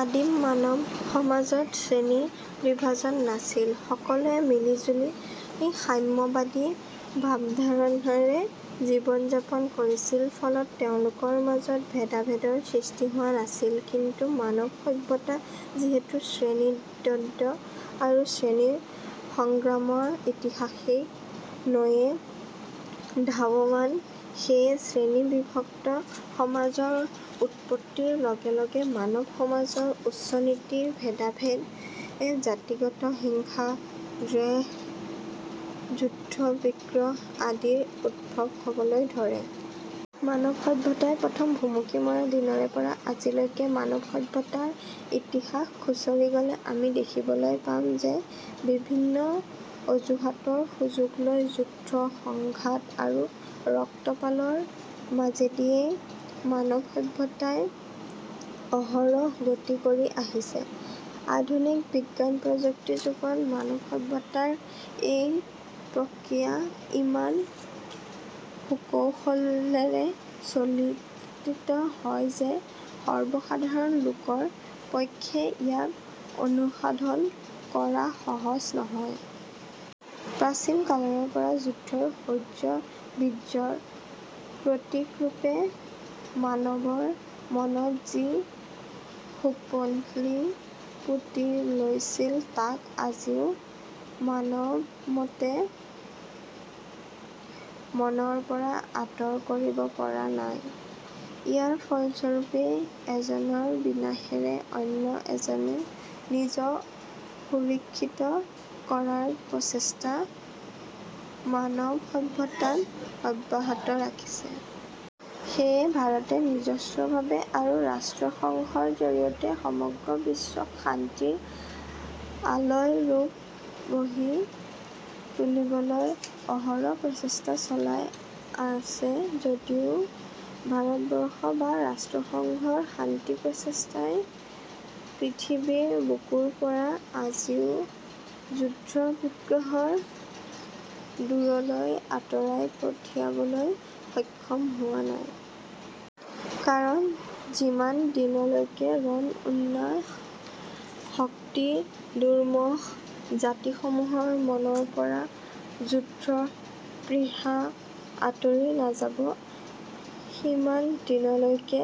আদিম মানৱ-সমাজত শ্ৰেণী বিভাজন নাছিল। সকলোৱে মিলি জুলি সাম্যবাদী ভাৱধাৰাৰে জীৱন-যাপন কৰিছিল। ফলত তেওঁলোকৰ মাজত ভেদাভেদৰ সৃষ্টি হোৱা নাছিল। কিন্তু মানৱ-সভ্যতা যিহেতু শ্ৰেণী দ্বন্দ্ব আৰু শ্ৰেণী সংগ্ৰামৰ ইতিহাসক লৈয়ে ধাৱমান, সেয়ে শ্ৰেণী বিভক্ত সমাজৰ উৎপত্তিৰ লগে লগে মানৱ সমাজত উচ্চ-নীচৰ ভেদাভেদ, জাতিগত হিংসা-দ্বেষ, যুদ্ধ-বিগ্ৰহ আদিৰ উদ্ভৱ হ'বলৈ ধৰে। মানৱ-সভ্যতাই প্ৰথম ভুমুকি মৰা দিনৰেপৰা আজিলৈকে মানৱ সভ্যতাৰ ইতিহাস খুঁচৰি গ'লে আমি দেখিবলৈ পাম যে বিভিন্ন অজুহাতৰ সুযোগ লৈ যুদ্ধ, সংঘাত আৰু ৰক্তপাতৰ মাজেদিয়েই মানৱ সভ্যতাই অহৰহ গতি কৰি আহিছে। আধুনিক বিজ্ঞান প্ৰযুক্তি যুগত মানৱ সভ্যতাৰ এই প্ৰক্ৰিয়া ইমান সুকৌশলেৰে চালিত হয় যে সৰ্বসাধাৰণ লোকৰ পক্ষে ইয়াক অনুসাধন কৰা সহজ নহয়। প্ৰাচীন কালৰেপৰা যুদ্ধই শৌৰ্য-বীৰ্যৰ প্ৰতীক ৰূপে মানৱৰ মনত যি খোপনি পুতি লৈছিল তাক আজিও মানৱমতে মনৰপৰা আঁতৰ কৰিব পৰা নাই। ইয়াৰ ফলস্বৰূপেই এজনৰ বিনাশেৰে অন্য এজনে নিজক সুৰিক্ষিত কৰাৰ প্ৰচেষ্টা মানৱ সভ্যতাত অব্যহত ৰাখিছে। সেয়ে ভাৰতে নিজস্বভাৱে আৰু ৰাষ্ট্ৰসংঘৰ জৰিয়তে সমগ্ৰ বিশ্বক শান্তিৰ আলয় ৰূপ গঢ়ি তুলিবলৈ অহৰহ প্ৰচেষ্টা চলাই আছে যদিও ভাৰতবৰ্ষ বা ৰাষ্ট্ৰসংঘৰ শান্তি প্ৰচেষ্টাই পৃথিৱীৰ বুকুৰপৰা আজিও যুদ্ধ-বিগ্ৰহত দূৰলৈ আঁতৰাই পঠিয়াবলৈ সক্ষম হোৱা নাই। কাৰণ যিমান দিনলৈকে ৰণ-উন্ময়, শক্তি-দুৰ্মহ জাতিসমূহৰ মনৰপৰা যুদ্ধ-পৃহা আঁতৰি নাযাব সিমান দিনলৈকে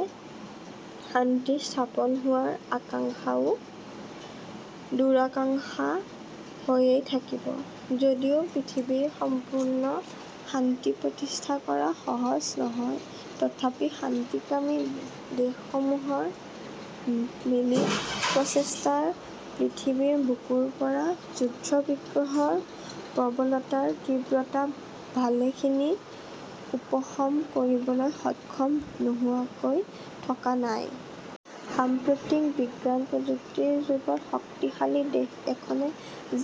শান্তি স্থাপন হোৱাৰ আকাংক্ষাও দূৰাকাংক্ষা হৈয়েই থাকিব। যদিও পৃথিৱীত সম্পূৰ্ণ শান্তি প্ৰতিষ্ঠা কৰা সহজ নহয় তথাপি শান্তিকামী দেশসমূহৰ মিলিত প্ৰচেষ্টাই পৃথিৱীৰ বুকুৰপৰা যুদ্ধ-বিগ্ৰহৰ প্ৰৱণতাৰ তীব্ৰতা ভালেখিনি উপশম কৰিবলৈ সক্ষম নোহোৱাকৈ থকা নাই। সাম্প্ৰতিক বিজ্ঞান-প্ৰযুক্তিৰ যুগত শক্তিশালী দেশ এখনে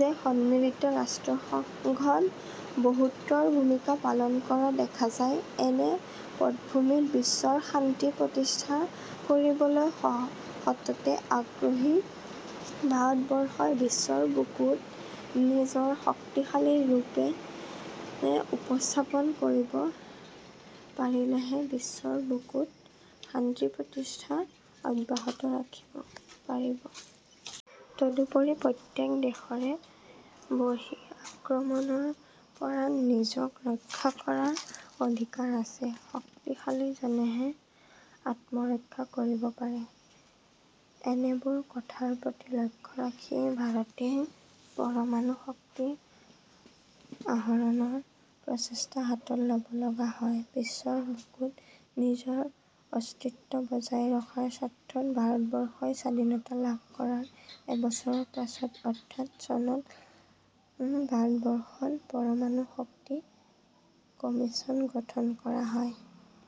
যে সন্মিলিত ৰাষ্ট্ৰসংঘত বহুতৰ ভূমিকা পালন কৰা দেখা যায়। এনে পটভূমিত বিশ্বৰ শান্তি প্ৰতিষ্ঠা কৰিবলৈ সততে আগ্ৰহী ভাৰতবৰ্ষই বিশ্বৰ বুকুত নিজৰ শক্তিশালী ৰূপে উপস্থাপন কৰিব পাৰিলেহে বিশ্বৰ বুকুত শান্তিৰ প্ৰতিষ্ঠা অব্যাহত ৰাখিব পাৰিব। তদুপৰি প্ৰত্যেক, দেশৰে বহিঃআক্ৰমণৰপৰা নিজক ৰক্ষা কৰাৰ অধিকাৰ আছে। শক্তিশালী জনেহে আত্মৰক্ষা কৰিব পাৰে। এনেবোৰ কথাৰ প্ৰতি লক্ষ্য ৰাখিয়েই ভাৰতে পৰমাণু শক্তি আহৰণৰ প্ৰচেষ্টা হাতত ল'ব লগা হয়। বিশ্বৰ বুকুত নিজৰ অস্তিত্ব বজাই ৰখাৰ স্বাৰ্থত ভাৰতবৰ্ষই স্বাধীনতা লাভ কৰাৰ এবছৰ পিছত অৰ্থাৎ চনত ভাৰতবৰ্ষত পৰমাণু শক্তি কমিচন গঠন কৰা হয়।